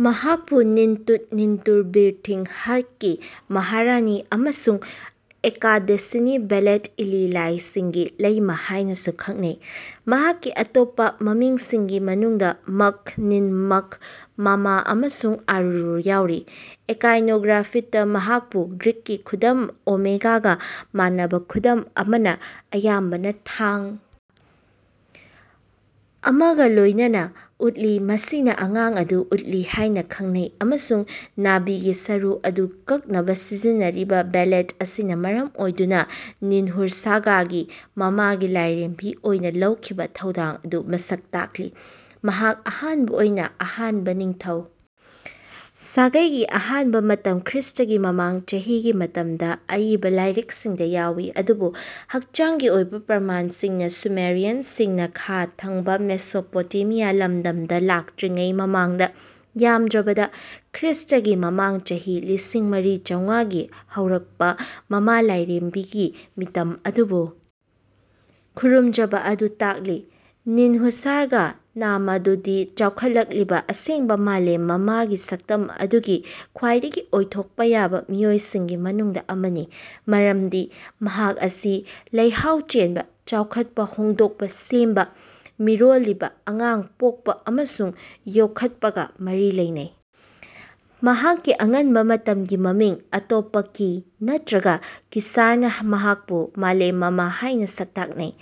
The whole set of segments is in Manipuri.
ꯃꯍꯥꯛꯄꯨ ꯅꯤꯟꯇꯨꯗꯅꯤꯟꯇꯨꯔ ꯕꯤꯔꯊꯤꯡ ꯍꯠꯀꯤ ꯃꯍꯥꯔꯥꯅꯤ ꯑꯃꯁꯨꯡ ꯑꯛꯀꯥꯗꯤꯌꯟꯁꯤꯡꯅ ꯕꯦꯂꯦꯠ ꯏꯂꯤ ꯂꯥꯏꯁꯤꯡꯒꯤ ꯂꯩꯃ ꯍꯥꯏꯅꯁꯨ ꯈꯪꯅꯩ꯫ ꯃꯍꯥꯛꯀꯤ ꯑꯇꯣꯞꯄ ꯃꯃꯤꯡꯁꯤꯡꯒꯤ ꯃꯅꯨꯡꯗ ꯃꯈ ꯅꯤꯟꯃꯥꯈ ꯃꯝꯃꯥ ꯑꯃꯁꯨꯡ ꯑꯔꯨꯔꯨ ꯌꯥꯎꯔꯤ꯫ ꯑꯥꯏꯀꯣꯅꯣꯒ꯭ꯔꯥꯐꯤꯗ ꯃꯍꯥꯛꯄꯨ ꯒ꯭ꯔꯤꯛꯀꯤ ꯈꯨꯗꯝ ꯑꯣꯃꯦꯒꯥꯒ ꯃꯥꯟꯅꯕ ꯈꯨꯗꯝ ꯑꯃꯅ ꯑꯌꯥꯝꯕꯅ ꯊꯥꯡ ꯑꯃꯒ ꯂꯣꯏꯅꯅ ꯎꯠꯂꯤ ꯃꯁꯤꯅ ꯑꯉꯥꯡ ꯑꯗꯨ ꯎꯠꯂꯤ ꯍꯥꯏꯅ ꯈꯟꯅꯩ ꯑꯃꯁꯨꯡ ꯅꯥꯕꯤꯒꯤ ꯁꯔꯨ ꯑꯗꯨ ꯀꯛꯅꯕ ꯁꯤꯖꯤꯟꯅꯔꯤꯕ ꯕ꯭ꯂꯦꯗ ꯑꯁꯤꯅ ꯃꯔꯝ ꯑꯣꯏꯗꯨꯅ ꯅꯤꯟꯍꯨꯔꯁꯥꯒꯀꯤ ꯃꯃꯥꯒꯤ ꯂꯥꯏꯔꯦꯝꯕꯤ ꯑꯣꯏꯅ ꯂꯧꯈꯤꯕ ꯊꯧꯗꯥꯡ ꯑꯗꯨ ꯃꯁꯛ ꯇꯥꯛꯂꯤ꯫ ꯃꯍꯥꯛ ꯑꯍꯥꯟꯕ ꯑꯣꯏꯅ ꯑꯍꯥꯟꯕ ꯅꯤꯡꯊꯧ ꯁꯥꯒꯩꯒꯤ ꯑꯍꯥꯟꯕ ꯃꯇꯝ ꯈ꯭ꯔꯤꯁ꯭ꯇꯒꯤ ꯃꯃꯥꯡ ꯆꯍꯤꯒꯤ ꯃꯇꯝꯗ ꯑꯏꯕ ꯂꯥꯏꯔꯤꯛꯁꯤꯡꯗ ꯌꯥꯎꯏ ꯑꯗꯨꯕꯨ ꯍꯛꯆꯥꯡꯒꯤ ꯑꯣꯏꯕ ꯄ꯭ꯔꯃꯥꯟꯁꯤꯡꯅ ꯁꯨꯃꯦꯔꯤꯌꯟꯁꯤꯡꯅ ꯈꯥ ꯊꯪꯕ ꯃꯦꯁꯣꯄꯣꯇꯦꯃꯤꯌꯥꯒꯤ ꯂꯝꯗꯝꯗ ꯂꯥꯛꯇ꯭ꯔꯤꯉꯩ ꯃꯃꯥꯡꯗ ꯌꯥꯝꯗ꯭ꯔꯕꯗ ꯈ꯭ꯔꯤꯁ꯭ꯇꯒꯤ ꯃꯃꯥꯡ ꯆꯍꯤ ꯂꯤꯁꯤꯡ ꯃꯔꯤ ꯆꯧꯉꯥꯒꯤ ꯍꯧꯔꯛꯄ ꯃꯃꯥ ꯂꯥꯏꯔꯦꯝꯕꯤꯒꯤ ꯃꯤꯇꯝ ꯑꯗꯨꯕꯨ ꯈꯨꯔꯨꯝꯖꯕ ꯑꯗꯨ ꯇꯥꯛꯂꯤ꯫ ꯅꯤꯟꯍꯨꯔꯁꯥꯒ ꯅꯥꯝꯃꯨꯗꯒꯤ ꯆꯥꯎꯈꯠꯂꯛꯂꯤꯕ ꯑꯁꯦꯡꯕ ꯃꯥꯂꯦꯝ ꯃꯃꯥꯒꯤ ꯁꯛꯇꯝ ꯑꯗꯨꯒꯤ ꯈ꯭ꯋꯥꯏꯗꯒꯤ ꯑꯣꯏꯊꯣꯛꯄ ꯌꯥꯕ ꯃꯤꯑꯣꯏꯁꯤꯡꯒꯤ ꯃꯅꯨꯡꯗ ꯑꯃꯅꯤ ꯃꯔꯝꯗꯤ ꯃꯍꯥꯛ ꯑꯁꯤ ꯂꯩꯍꯥꯎ ꯆꯦꯟꯕ ꯆꯥꯎꯈꯠꯄ ꯍꯣꯡꯗꯣꯛꯄ ꯁꯦꯝꯕ ꯃꯤꯔꯣꯜꯂꯤꯕ ꯑꯉꯥꯡ ꯄꯣꯛꯄ ꯑꯃꯁꯨꯡ ꯌꯣꯛꯈꯠꯄꯒ ꯃꯔꯤ ꯂꯩꯅꯩ꯫ ꯃꯍꯥꯛꯀꯤ ꯑꯉꯟꯕ ꯃꯇꯝꯒꯤ ꯃꯃꯤꯡ ꯑꯇꯣꯞꯄ ꯀꯤ ꯅꯠꯇ꯭ꯔꯒ ꯀꯤꯁꯥꯔꯅ ꯃꯍꯥꯛꯄꯨ ꯃꯥꯂꯦꯝ ꯃꯃꯥ ꯍꯥꯏꯅ ꯁꯛꯇꯥꯛꯂꯤ꯫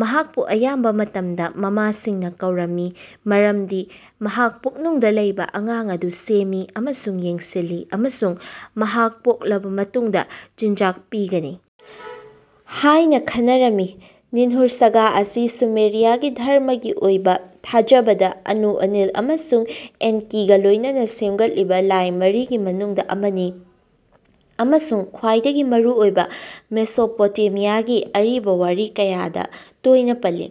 ꯃꯍꯥꯛꯄꯨ ꯑꯌꯥꯝꯕ ꯃꯇꯝꯗ ꯃꯃꯥꯁꯤꯡꯅ ꯀꯧꯔꯝꯃꯤ ꯃꯔꯝꯗꯤ ꯃꯍꯥꯛ ꯄꯨꯛꯅꯨꯡꯗ ꯂꯩꯕ ꯑꯉꯥꯡ ꯑꯗꯨ ꯁꯦꯝꯃꯤ ꯑꯃꯁꯨꯡ ꯌꯦꯡꯁꯤꯜꯂꯤ ꯑꯃꯁꯨꯡ ꯃꯍꯥꯛ ꯄꯣꯛꯂꯕ ꯃꯇꯨꯡꯗ ꯆꯤꯟꯖꯥꯛ ꯄꯤꯒꯅꯤ ꯍꯥꯏꯅ ꯈꯟꯅꯔꯝꯃꯤ꯫ ꯅꯤꯟꯍꯨꯔꯁꯥꯒ ꯑꯁꯤ ꯁꯨꯃꯦꯔꯤꯌꯥꯒꯤ ꯙꯔꯃꯒꯤ ꯑꯣꯏꯕ ꯊꯥꯖꯕꯗ ꯑꯅꯨ ꯑꯦꯟꯂꯤꯜ ꯑꯃꯁꯨꯡ ꯑꯦꯟꯀꯤꯒ ꯂꯣꯏꯅꯅ ꯁꯦꯝꯒꯠꯂꯤꯕ ꯂꯥꯏ ꯃꯔꯤꯒꯤ ꯃꯅꯨꯡꯗ ꯑꯃꯅꯤ ꯑꯃꯁꯨꯡ ꯈ꯭ꯋꯥꯏꯗꯒꯤ ꯃꯔꯨꯑꯣꯏꯕ ꯃꯦꯁꯣꯄꯣꯇꯦꯃꯤꯌꯥꯒꯤ ꯑꯔꯤꯕ ꯋꯥꯔꯤ ꯀꯌꯥꯗ ꯇꯣꯏꯅ ꯄꯜꯂꯤ꯫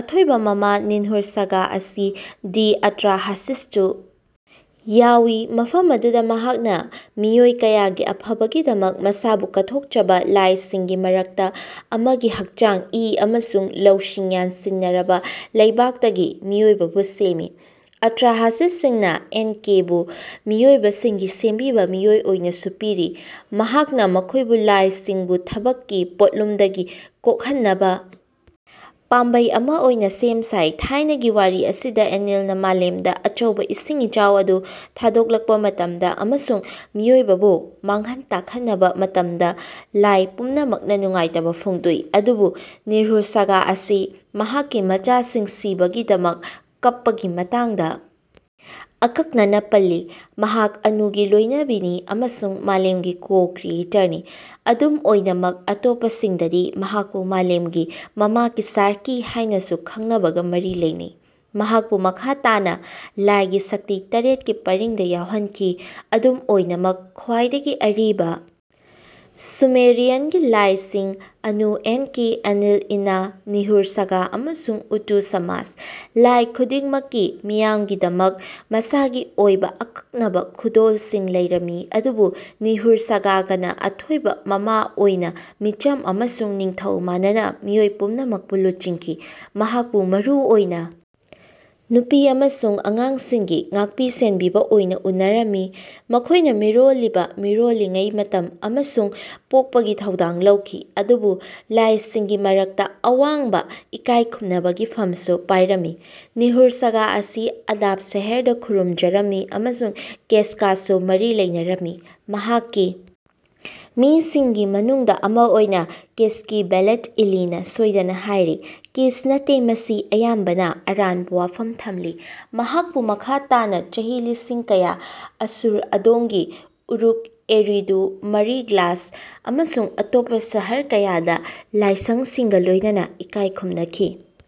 ꯑꯊꯣꯏꯕ ꯃꯃꯥ ꯅꯤꯟꯍꯨꯔꯁꯥꯒ ꯑꯁꯤ ꯗꯤ ꯑꯇ꯭ꯔꯥꯍꯥꯁꯤꯁꯇꯁꯨ ꯌꯥꯎꯏ ꯃꯐꯝ ꯑꯗꯨꯗ ꯃꯍꯥꯛꯅ ꯃꯤꯑꯣꯏ ꯀꯌꯥꯒꯤ ꯑꯐꯕꯒꯤꯗꯃꯛ ꯃꯁꯥꯕꯨ ꯀꯠꯊꯣꯛꯆꯕ ꯂꯥꯏꯁꯤꯡꯒꯤ ꯃꯔꯛꯇ ꯑꯃꯒꯤ ꯍꯛꯆꯥꯡ ꯏ ꯑꯃꯁꯨꯡ ꯂꯧꯁꯤꯡ ꯌꯥꯟꯁꯤꯟꯅꯔꯕ ꯂꯩꯕꯥꯛꯇꯒꯤ ꯃꯤꯑꯣꯏꯕꯕꯨ ꯁꯦꯝꯃꯤ꯫ ꯑꯇ꯭ꯔꯍꯥꯁꯤꯁꯤꯡꯅ ꯑꯦꯟꯀꯤꯕꯨ ꯃꯤꯑꯣꯏꯕꯁꯤꯡꯒꯤ ꯁꯦꯝꯕꯤꯕ ꯃꯤꯑꯣꯏ ꯑꯣꯏꯅꯁꯨ ꯄꯤꯔꯤ ꯃꯍꯥꯛꯅ ꯃꯈꯣꯏꯕꯨ ꯂꯥꯏꯁꯤꯡꯕꯨ ꯊꯥꯕꯛꯀꯤ ꯄꯣꯠꯂꯨꯝꯗꯒꯤ ꯀꯣꯛꯍꯟꯅꯕ ꯄꯥꯝꯕꯩ ꯑꯃ ꯑꯣꯏꯅ ꯁꯦꯝ ꯁꯥꯏ꯫ ꯊꯥꯏꯅꯒꯤ ꯋꯥꯔꯤ ꯑꯁꯤꯗ ꯑꯦꯟꯂꯤꯜꯅ ꯃꯥꯂꯦꯝꯗ ꯑꯆꯧꯕ ꯏꯁꯤꯡ ꯏꯆꯥꯎ ꯑꯗꯨ ꯊꯥꯗꯣꯛꯂꯛꯄ ꯃꯇꯝꯗ ꯑꯃꯁꯨꯡ ꯃꯤꯑꯣꯏꯕꯕꯨ ꯃꯥꯡꯍꯟ ꯇꯥꯛꯍꯟꯕ ꯃꯇꯝꯗ ꯂꯥꯏ ꯄꯨꯝꯅꯃꯛꯅ ꯅꯨꯡꯉꯥꯏꯇꯕ ꯐꯣꯡꯗꯣꯛꯏ ꯑꯗꯨꯕꯨ ꯅꯤꯟꯍꯨꯔꯁꯥꯒ ꯑꯁꯤ ꯃꯍꯥꯛꯀꯤ ꯃꯆꯥꯁꯤꯡ ꯁꯤꯕꯒꯤꯗꯃꯛ ꯀꯞꯄꯒꯤ ꯃꯇꯥꯡꯗ ꯑꯀꯛꯅꯅ ꯄꯜꯂꯤ꯫ ꯃꯍꯥꯛ ꯑꯅꯨꯒꯤ ꯂꯣꯏꯅꯕꯤꯅꯤ ꯑꯃꯁꯨꯡ ꯃꯥꯂꯦꯝꯒꯤ ꯀꯣ ꯀ꯭ꯔꯤꯌꯦꯇꯔꯅꯤ꯫ ꯑꯗꯨꯝ ꯑꯣꯏꯅꯃꯛ ꯑꯇꯣꯞꯄꯁꯤꯡꯗꯗꯤ ꯃꯍꯥꯛꯄꯨ ꯃꯥꯂꯦꯝꯒꯤ ꯃꯃꯥ ꯀꯤꯁꯥꯔ ꯀꯤ ꯍꯥꯏꯅꯁꯨ ꯈꯪꯅꯕꯒ ꯃꯔꯤ ꯂꯩꯅꯩ꯫ ꯃꯍꯥꯛꯄꯨ ꯃꯈꯥ ꯇꯥꯅ ꯂꯥꯏꯒꯤ ꯁꯛꯇꯤ ꯇꯔꯦꯠꯀꯤ ꯄꯔꯤꯡꯗ ꯌꯥꯎꯍꯟꯈꯤ ꯑꯗꯨꯝ ꯑꯣꯏꯅꯃꯛ ꯈ꯭ꯋꯥꯏꯗꯒꯤ ꯑꯔꯤꯕ ꯁꯨꯃꯦꯔꯤꯌꯟꯒꯤ ꯂꯥꯏꯁꯤꯡ ꯑꯅꯨ ꯑꯦꯟꯀꯤ ꯑꯦꯟꯂꯤꯜ ꯏꯅꯥꯟꯅꯥ ꯅꯤꯟꯍꯨꯔꯁꯥꯒ ꯑꯃꯁꯨꯡ ꯎꯇꯨ ꯁꯃꯥꯁ꯫ ꯂꯥꯏ ꯈꯨꯗꯤꯡꯃꯛꯀꯤ ꯃꯤꯌꯥꯝꯒꯤꯗꯃꯛ ꯃꯁꯥꯒꯤ ꯑꯣꯏꯕ ꯑꯀꯛꯅꯕ ꯈꯨꯗꯣꯜꯁꯤꯡ ꯂꯩꯔꯝꯃꯤ ꯑꯗꯨꯕꯨ ꯅꯤꯟꯍꯨꯔꯁꯥꯒꯅ ꯑꯊꯣꯏꯕ ꯃꯃꯥ ꯑꯣꯏꯅ ꯃꯤꯆꯝ ꯑꯃꯁꯨꯡ ꯅꯤꯡꯊꯧ ꯃꯥꯟꯅꯅ ꯃꯤꯑꯣꯏ ꯄꯨꯝꯅꯃꯛꯄꯨ ꯂꯨꯆꯤꯡꯈꯤ꯫ ꯃꯍꯥꯛꯄꯨ ꯃꯔꯨ ꯑꯣꯏꯅ ꯅꯨꯄꯤ ꯑꯃꯁꯨꯡ ꯑꯉꯥꯡꯁꯤꯡꯒꯤ ꯉꯥꯛꯄꯤ ꯁꯦꯟꯕꯤꯕ ꯑꯣꯏꯅ ꯎꯅꯔꯝꯃꯤ ꯃꯈꯣꯏꯅ ꯃꯤꯔꯣꯜꯂꯤꯕ ꯃꯤꯔꯣꯜꯂꯤꯉꯩ ꯃꯇꯝ ꯑꯃꯁꯨꯡ ꯄꯣꯛꯄꯒꯤ ꯊꯧꯗꯥꯡ ꯂꯧꯈꯤ ꯑꯗꯨꯕꯨ ꯂꯥꯏꯁꯤꯡꯒꯤ ꯃꯔꯛꯇ ꯑꯋꯥꯡꯕ ꯏꯀꯥꯏ ꯈꯨꯝꯅꯕꯒꯤ ꯐꯝꯁꯨ ꯄꯥꯏꯔꯝꯃꯤ꯫ ꯅꯤꯟꯍꯨꯔꯁꯥꯒ ꯑꯁꯤ ꯑꯗꯥꯕ ꯁꯍꯔꯗ ꯈꯨꯔꯨꯝꯖꯔꯝꯃꯤ ꯑꯃꯁꯨꯡ ꯀꯦꯁꯀꯁꯨ ꯃꯔꯤ ꯂꯩꯅꯔꯝꯃꯤ ꯃꯍꯥꯛꯀꯤ ꯃꯤꯡꯁꯤꯡꯒꯤ ꯃꯅꯨꯡꯗ ꯑꯃ ꯑꯣꯏꯅ ꯀꯦꯁꯀꯤ ꯕꯦꯂꯦꯠ ꯏꯂꯤꯅ ꯁꯣꯏꯗꯅ ꯍꯥꯏꯔꯤ ꯀꯤꯁ ꯅꯠꯇꯦ ꯃꯁꯤ ꯑꯌꯥꯝꯕꯅ ꯑꯔꯥꯟꯕ ꯋꯥꯐꯝ ꯊꯝꯂꯤ꯫ ꯃꯍꯥꯛꯄꯨ ꯃꯈꯥ ꯇꯥꯅ ꯆꯍꯤ ꯂꯤꯁꯤꯡ ꯀꯌꯥ ꯑꯁꯨꯔ ꯑꯗꯣꯝꯒꯤ ꯎꯔꯨꯛ ꯑꯦꯔꯤꯗꯨ ꯃꯥꯔꯤ ꯂꯒꯥꯁ ꯑꯃꯁꯨꯡ ꯑꯇꯣꯞꯄ ꯁꯍꯔ ꯀꯌꯥꯗ ꯂꯥꯏꯁꯪꯁꯤꯡꯒ ꯂꯣꯏꯅꯅ ꯏꯀꯥꯏ ꯈꯨꯝꯅꯈꯤ꯫